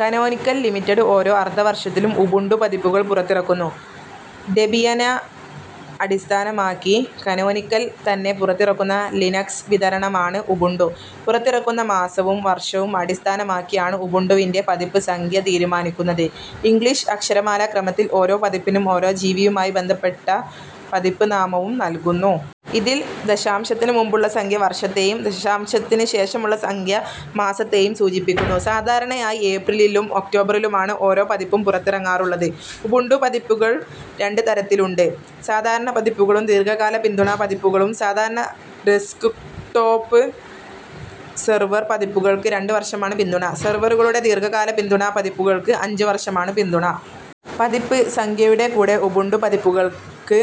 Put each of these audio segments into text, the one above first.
Canonical Limited ഓരോ അർദ്ധവർഷത്തിലും Ubuntu പതിപ്പുകൾ പുറത്തിറക്കുന്നു. ഡെബിയനെ അടിസ്ഥാനമാക്കി കാനോനിക്കൽ തന്നെ പുറത്തിറക്കുന്ന ലിനക്സ് വിതരണമാണ് ഉബുണ്ടു. പുറത്തിറക്കുന്ന മാസവും വർഷവും അടിസ്ഥാനമാക്കിയാണ് ഉബുണ്ടുവിൻ്റെ പതിപ്പ് സംഖ്യ തീരുമാനിക്കുന്നത്. ഇംഗ്ലിഷ് അക്ഷരമാലാ ക്രമത്തിൽ ഓരോ പതിപ്പിനും ഓരോ ജീവിയുമായി ബന്ധപ്പെട്ട പതിപ്പ് നാമവും നൽകുന്നു. ഇതിൽ ദശാംശത്തിന് മുമ്പുള്ള സംഖ്യ വർഷത്തേയും ദശാംശത്തിന് ശേഷമുള്ള സംഖ്യ മാസത്തേയും സൂചിപ്പിക്കുന്നു. സാധാരണയായി ഏപ്രിലിലും ഒക്ടോബറിലുമാണ് ഓരോ പതിപ്പും പുറത്തിറങ്ങാറുള്ളത്. ഉബുണ്ടു പതിപ്പുകൾ രണ്ട് തരത്തിലുണ്ട്. സാധാരണ പതിപ്പുകളും ദീർഘകാല പിന്തുണാ പതിപ്പുകളും. സാധാരണ ഡെസ്ക്ടോപ്പ്, സെർവർ പതിപ്പുകൾക്ക് രണ്ട് വർഷമാണ് പിന്തുണ. സെർവറുകളുടെ ദീർഘകാല പിന്തുണാ പതിപ്പുകൾക്ക് അഞ്ച് വർഷമാണ് പിന്തുണ. പതിപ്പ് സംഖ്യയുടെ കൂടെ ഉബുണ്ടു പതിപ്പുകൾക്ക്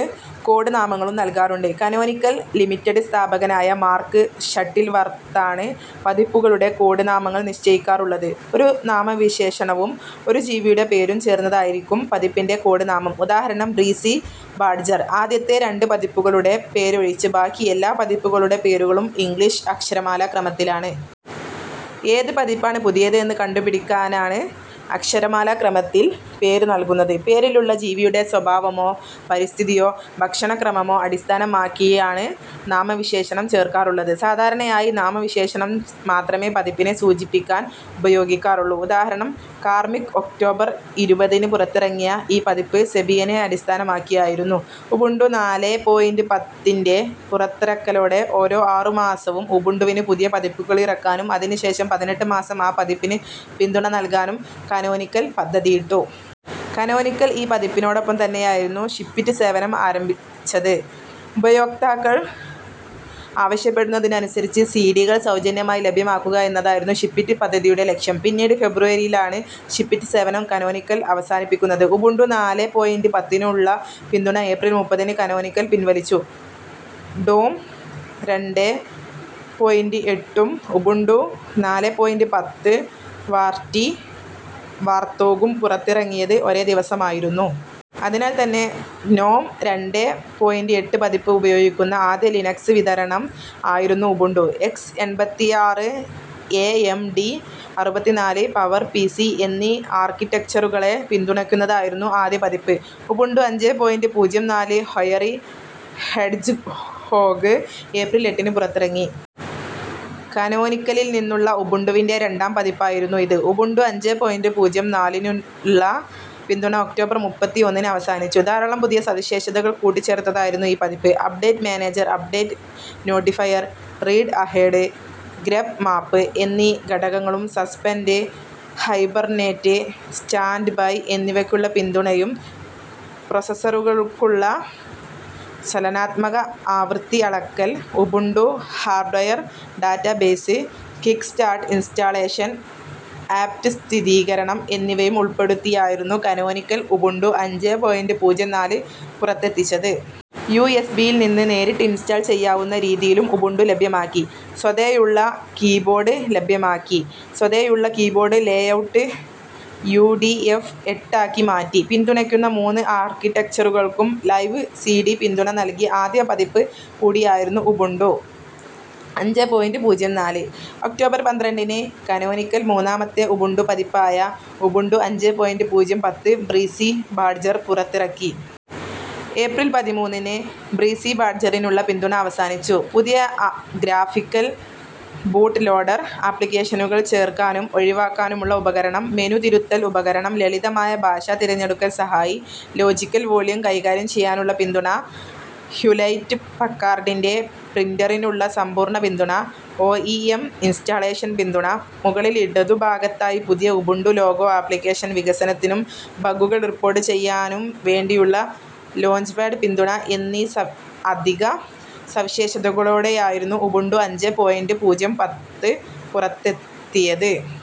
കോഡ് നാമങ്ങളും നൽകാറുണ്ട്. കാനോനിക്കൽ ലിമിറ്റഡ് സ്ഥാപകനായ മാർക്ക് ഷട്ടിൽവർത്താണ് പതിപ്പുകളുടെ കോഡ് നാമങ്ങൾ നിശ്ചയിക്കാറുള്ളത്. ഒരു നാമവിശേഷണവും ഒരു ജീവിയുടെ പേരും ചേർന്നതായിരിക്കും പതിപ്പിൻ്റെ കോഡ് നാമം. ഉദാഹരണം ബ്രീസി ബാഡ്ജർ. ആദ്യത്തെ രണ്ട് പതിപ്പുകളുടെ പേരൊഴിച്ച് ബാക്കിയെല്ലാ പതിപ്പുകളുടെ പേരുകളും ഇംഗ്ലിഷ് അക്ഷരമാലാ ക്രമത്തിലാണ്. ഏത് പതിപ്പാണ് പുതിയത് എന്ന് കണ്ടുപിടിക്കാനാണ് അക്ഷരമാലാക്രമത്തിൽ പേര് നൽകുന്നത്. പേരിലുള്ള ജീവിയുടെ സ്വഭാവമോ പരിസ്ഥിതിയോ ഭക്ഷണക്രമമോ അടിസ്ഥാനമാക്കിയാണ് നാമവിശേഷണം ചേർക്കാറുള്ളത്. സാധാരണയായി നാമവിശേഷണം മാത്രമേ പതിപ്പിനെ സൂചിപ്പിക്കാൻ ഉപയോഗിക്കാറുള്ളൂ. ഉദാഹരണം കാർമിക്. ഒക്ടോബർ ഇരുപതിന് പുറത്തിറങ്ങിയ ഈ പതിപ്പ് സെബിയനെ അടിസ്ഥാനമാക്കിയായിരുന്നു. ഉബുണ്ടു നാലെ പോയിൻ്റ് പത്തിൻ്റെ പുറത്തിറക്കലോടെ ഓരോ ആറു മാസവും ഉബുണ്ടുവിന് പുതിയ പതിപ്പുകളിറക്കാനും അതിന് ശേഷം പതിനെട്ട് മാസം ആ പതിപ്പിന് പിന്തുണ നൽകാനും കാനോനിക്കൽ പദ്ധതിയിട്ടു. കാനോനിക്കൽ ഈ പതിപ്പോടൊപ്പം തന്നെയായിരുന്നു ഷിപ്പിറ്റ് സേവനം ആരംഭിച്ചത്. ഉപയോക്താക്കൾ ആവശ്യപ്പെടുന്നതിനനുസരിച്ച് സീഡികൾ സൗജന്യമായി ലഭ്യമാക്കുക എന്നതായിരുന്നു ഷിപ്പിറ്റ് പദ്ധതിയുടെ ലക്ഷ്യം. പിന്നീട് ഫെബ്രുവരിയിലാണ് ഷിപ്പിറ്റ് സേവനം കാനോനിക്കൽ അവസാനിപ്പിക്കുന്നത്. ഉബുണ്ടു നാലെ പോയിൻ്റ് പത്തിനുള്ള പിന്തുണ ഏപ്രിൽ മുപ്പതിന് കാനോനിക്കൽ പിൻവലിച്ചു. ഡോം രണ്ടെ പോയിൻ്റ് എട്ടും ഉബുണ്ടു നാലെ പോയിൻ്റ് പത്ത് വാർറ്റി വാർത്തോഗും പുറത്തിറങ്ങിയത് ഒരേ ദിവസമായിരുന്നു. അതിനാൽ തന്നെ ഗ്നോം രണ്ടെ പോയിൻ്റ് എട്ട് പതിപ്പ് ഉപയോഗിക്കുന്ന ആദ്യ ലിനക്സ് വിതരണം ആയിരുന്നു ഉബുണ്ടു. എക്സ് എൺപത്തിആറ്, എഎംഡി അറുപത്തിനാല്, പവർപിസി എന്നീ ആർക്കിടെക്ചറുകളെ പിന്തുണക്കുന്നതായിരുന്നു ആദ്യ പതിപ്പ്. ഉബുണ്ടു അഞ്ചെ പോയിൻ്റ് പൂജ്യം നാല് ഹൊയറി ഹെഡ്ജ്ഹോഗ് ഏപ്രിൽ എട്ടിന് പുറത്തിറങ്ങി. കാനോനിക്കലിൽ നിന്നുള്ള ഉബുണ്ടുവിൻ്റെ രണ്ടാം പതിപ്പായിരുന്നു ഇത്. ഉബുണ്ടു അഞ്ചെ പോയിൻ്റ് പൂജ്യം നാലിനുനുള്ള പിന്തുണ ഒക്ടോബർ മുപ്പത്തിഒന്നിന് അവസാനിച്ചു. ധാരാളം പുതിയ സവിശേഷതകൾ കൂട്ടിച്ചേർത്തതായിരുന്നു ഈ പതിപ്പ്. Update manager, update notifier, readahead, grep map എന്നീ ഘടകങ്ങളും സസ്പെൻഡ്, ഹൈബർനേറ്റ്, സ്റ്റാൻഡ്ബൈ എന്നിവക്കുള്ള പിന്തുണയും പ്രൊസസറുകൾക്കുള്ള ചലനാത്മക ആവൃത്തി അളക്കൽ, Ubuntu hardware database, kickstart installation, apt സ്ഥിരീകരണം എന്നിവയും ഉൾപ്പെടുത്തിയായിരുന്നു കാനോനിക്കൽ ഉബുണ്ടു അഞ്ചെ പോയിൻ്റ് പൂജ്യം നാല് പുറത്തെത്തിച്ചത്. യുഎസ്ബിയിൽ നിന്ന് നേരിട്ട് ഇൻസ്റ്റാൾ ചെയ്യാവുന്ന രീതിയിലും ഉബുണ്ടു ലഭ്യമാക്കി. സ്വതേയുള്ള keyboard layout U. T. F എട്ടാക്കി മാറ്റി. പിന്തുണക്കുന്ന മൂന്ന് ആർക്കിടെക്ചറുകൾക്കും ലൈവ് സീഡി പിന്തുണ നൽകിയ ആദ്യ പതിപ്പ് കൂടിയായിരുന്നു ഉബുണ്ടു അഞ്ചെ പോയിൻ്റ് പൂജ്യം നാല്. ഒക്ടോബർ പന്ത്രണ്ടിന് കാനോനിക്കൽ മൂന്നാമത്തെ ഉബുണ്ടു പതിപ്പായ ഉബുണ്ടു അഞ്ചെ പോയിൻ്റ് പൂജ്യം പത്ത് ബ്രീസി ബാഡ്ജർ പുറത്തിറക്കി. ഏപ്രിൽ പതിമൂന്നിന് ബ്രീസി ബാഡ്ജറിനുള്ള പിന്തുണ അവസാനിച്ചു. പുതിയ ഗ്രാഫിക്കൽ ബൂട്ട് ലോഡർ, ആപ്ലികേഷനുകൾ ചേർക്കാനും ഒഴിവാക്കാനുമുള്ള ഉപകരണം, മെനു തിരുത്തൽ ഉപകരണം, ലളിതമായ ഭാഷാ തിരഞ്ഞെടുക്കൽ സഹായി, ലോജികൽ വോള്യം കൈകാര്യം ചെയ്യാനുള്ള പിന്തുണ, ഹ്യൂലെറ്റ് പക്കാർഡിൻ്റെ പ്രിൻ്ററിനുള്ള സമ്പൂർണ്ണ പിന്തുണ, ഓഇഎം ഇൻസ്റ്റാളേഷൻ പിന്തുണ, മുകളിൽ ഇടതു ഭാഗത്തായി പുതിയ ഉബുണ്ടു ലോഗോ, ആപ്ലികേഷൻ വികസനത്തിനും ബഗ്ഗുകൾ റിപ്പോട്ട് ചെയ്യാനും വേണ്ടിയുള്ള ലോഞ്ച്പാഡ് പിന്തുണ എന്നീ അധിക സവിശേഷതകളോടെയായിരുന്നു ഉബുണ്ടു അഞ്ചെ പോയിൻ്റ് പൂജ്യം പത്ത് പുറത്തെത്തിയത്.